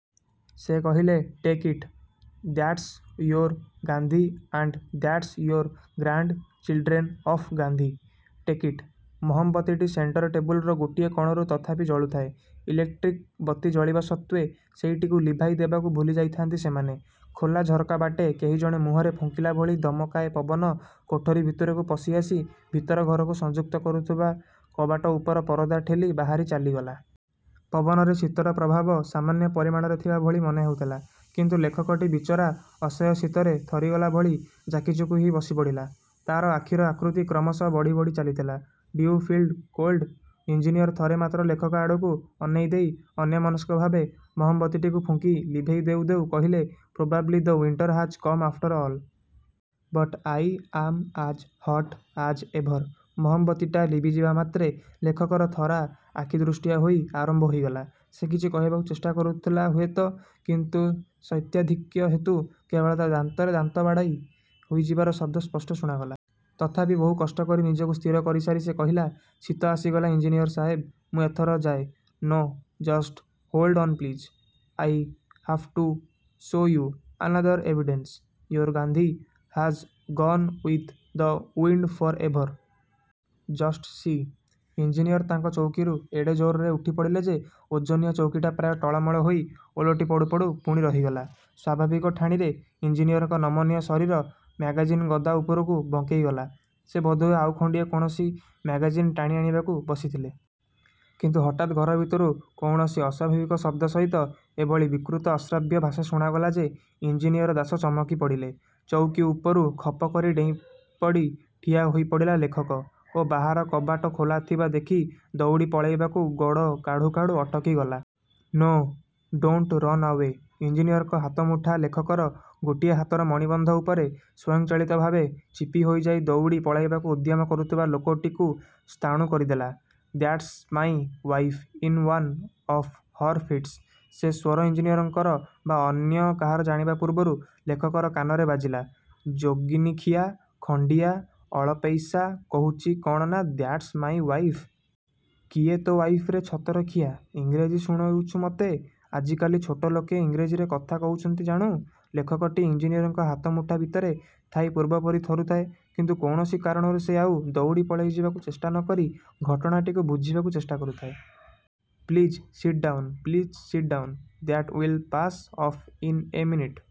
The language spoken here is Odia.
ସେ କହିଲେ, take it. That's your Gandhi and that's your grandchildren of Gandhi, take it. ମହମବତୀଟି ସେଣ୍ଟର ଟେବୁଲର ଗୋଟିଏ କଣରୁ ତଥାପି ଜଳୁଥାଏ। ଇଲେକ୍ଟ୍ରିକ ବତୀ ଜଳିବା ସତ୍ତ୍ୱେ ସେଇଟିକୁ ଲିଭାଇ ଦେବାକୁ ଭୁଲିଯାଇଥାନ୍ତି ସେମାନେ। ଖୋଲା ଝରକା ବାଟେ କେହି ଜଣେ ମୁହଁରେ ଫୁଙ୍କିଲା ଭଳି ଦମକାଏ ପବନ କୋଠରୀ ଭିତରକୁ ପଶିଆସି ଭିତର ଘରକୁ ସଂଯୁକ୍ତ କରୁଥିବା କବାଟ ଉପର ପରଦା ଠେଲି ବାହାରି ଚାଲିଗଲା। ପବନରେ ଶୀତର ପ୍ରଭାବ ସାମାନ୍ୟ ପରିମାଣରେ ଥିବା ଭଳି ମନେହେଉଥିଲା। କିନ୍ତୁ ଲେଖକଟି ବିଚରା ଅସହ୍ୟ ଶୀତରେ ଥରିଗଲା ଭଳି ଜାକିଜୁକି ହୋଇ ବସିପଡ଼ିଲା। ତାର ଆଖିର ଆକୃତି କ୍ରମଶଃ ବଢ଼ି ବଢ଼ି ଚାଲିଥିଲା। Do you feel cold? Engineer ଥରେ ମାତ୍ର ଲେଖକ ଆଡ଼କୁ ଅନେଇଦେଇ ଅନ୍ୟମନସ୍କ ଭାବେ ମହମବତୀଟିକୁ ଫୁଙ୍କି ଲିଭେଇ ଦେଉ ଦେଉ କହିଲେ, probably the winter has come after all. But I am as ହଟ ଆଜ ଏଭର। ମହମବତୀଟା ଲିଭିଯିବା ମାତ୍ରେ ଲେଖକର ଥରା ଆଖିଦୃଷ୍ଟିଆ ହୋଇ ଆରମ୍ଭ ହୋଇଗଲା। ସେ କିଛି କହିବାକୁ ଚେଷ୍ଟା କରୁଥିଲା ହୁଏତ, କିନ୍ତୁ ଶୈତ୍ୟାଧିକ୍ୟ ହେତୁ କେବଳ ତା' ଦାନ୍ତରେ ଦାନ୍ତ ବାଡ଼େଇ ହୋଇଯିବାର ଶବ୍ଦ ସ୍ପଷ୍ଟ ଶୁଣାଗଲା। ତଥାପି ବହୁ କଷ୍ଟ କରି ନିଜକୁ ସ୍ଥିର କରିସାରି ସେ କହିଲା, ଶୀତ ଆସିଗଲା ଇଞ୍ଜିନିୟର ସାହେବ, ମୁଁ ଏଥର ଯାଏ! No, just hold on please. I have to show you another evidence. Your Gandhi has gone with the wind for ever. Just see! Engineer ତାଙ୍କ ଚଉକିରୁ ଏଡ଼େ ଜୋରରେ ଉଠିପଡ଼ିଲେ ଯେ ଓଜନିଆ ଚଉକିଟା ପ୍ରାୟ ଟଳମଳ ହୋଇ ଓଲଟି ପଡ଼ୁପଡ଼ୁ ପୁଣି ରହିଗଲା। ସ୍ୱାଭାବିକ ଠାଣିରେ ଇଞ୍ଜିନିୟରଙ୍କ ନମନୀୟ ଶରୀର ମ୍ୟାଗାଜିନ ଗଦା ଉପରକୁ ବଙ୍କେଇଗଲା। ସେ ବୋଧହୁଏ ଆଉ ଖଣ୍ଡିଏ କୌଣସି ମ୍ୟାଗାଜିନ ଟାଣିଆଣିବାକୁ ବସିଥିଲେ। କିନ୍ତୁ ହଠାତ୍ ଘର ଭିତରୁ କୌଣସି ଅସ୍ୱାଭାବିକ ଶବ୍ଦ ସହିତ ଏଭଳି ବିକୃତ ଅଶ୍ରାବ୍ୟ ଭାଷା ଶୁଣାଗଲା ଯେ ଇଞ୍ଜିନିୟର ଦାସ ଚମକି ପଡ଼ିଲେ। ଚଉକି ଉପରୁ ଖପକରି ଡେଇଁପଡ଼ି ଠିଆ ହୋଇପଡ଼ିଲା ଲେଖକ ଓ ବାହାର କବାଟ ଖୋଲାଥିବା ଦେଖି ଦଉଡ଼ି ପଳେଇବାକୁ ଗୋଡ଼ କାଢ଼ୁ କାଢ଼ୁ ଅଟକିଗଲା। No, don't run away! ଇଞ୍ଜିନିୟରଙ୍କ ହାତମୁଠା ଲେଖକର ଗୋଟିଏ ହାତର ମଣିବନ୍ଧ ଉପରେ ସ୍ୱୟଂଚାଳିତ ଭାବେ ଚିପିହୋଇଯାଇ ଦଉଡ଼ି ପଳାଇବାକୁ ଉଦ୍ୟମ କରୁଥିବା ଲୋକଟିକୁ ସ୍ଥାଣୁ କରିଦେଲା। That's my wife in one of her fits! ସେ ସ୍ୱର ଇଞ୍ଜିନିୟରଙ୍କର ବା ଅନ୍ୟ କାହାର ଜାଣିବା ପୂର୍ବରୁ ଲେଖକର କାନରେ ବାଜିଲା, ଯୋଗିନୀଖିଆ, ଖଣ୍ଡିଆ, ଅଳପେଇଷା, କହୁଛି କ'ଣ ନା ଦ୍ୟାଟ୍ସ ମାଇଁ ୱାଇଫ। କିଏ ତୋ ୱାଇଫ ରେ ଛତରଖିଆ! ଇଂରାଜୀ ଶୁଣୋଉଛୁ ମତେ? ଆଜିକାଲି ଛୋଟଲୋକେ ଇଂରେଜୀରେ କଥା କହୁଛନ୍ତି, ଜାଣୁ? ଲେଖକଟି ଇଞ୍ଜିନିୟରଙ୍କ ହାତମୁଠା ଭିତରେ ଥାଇ ପୂର୍ବପରି ଥରୁଥାଏ। କିନ୍ତୁ କୌଣସି କାରଣରୁ ସେ ଆଉ ଦଉଡ଼ି ପଳେଇଯିବାକୁ ଚେଷ୍ଟା ନ କରି ଘଟଣାଟିକୁ ବୁଝିବାକୁ ଚେଷ୍ଟା କରୁଥାଏ। Please sit down, please sit down, that will pass off in a minute!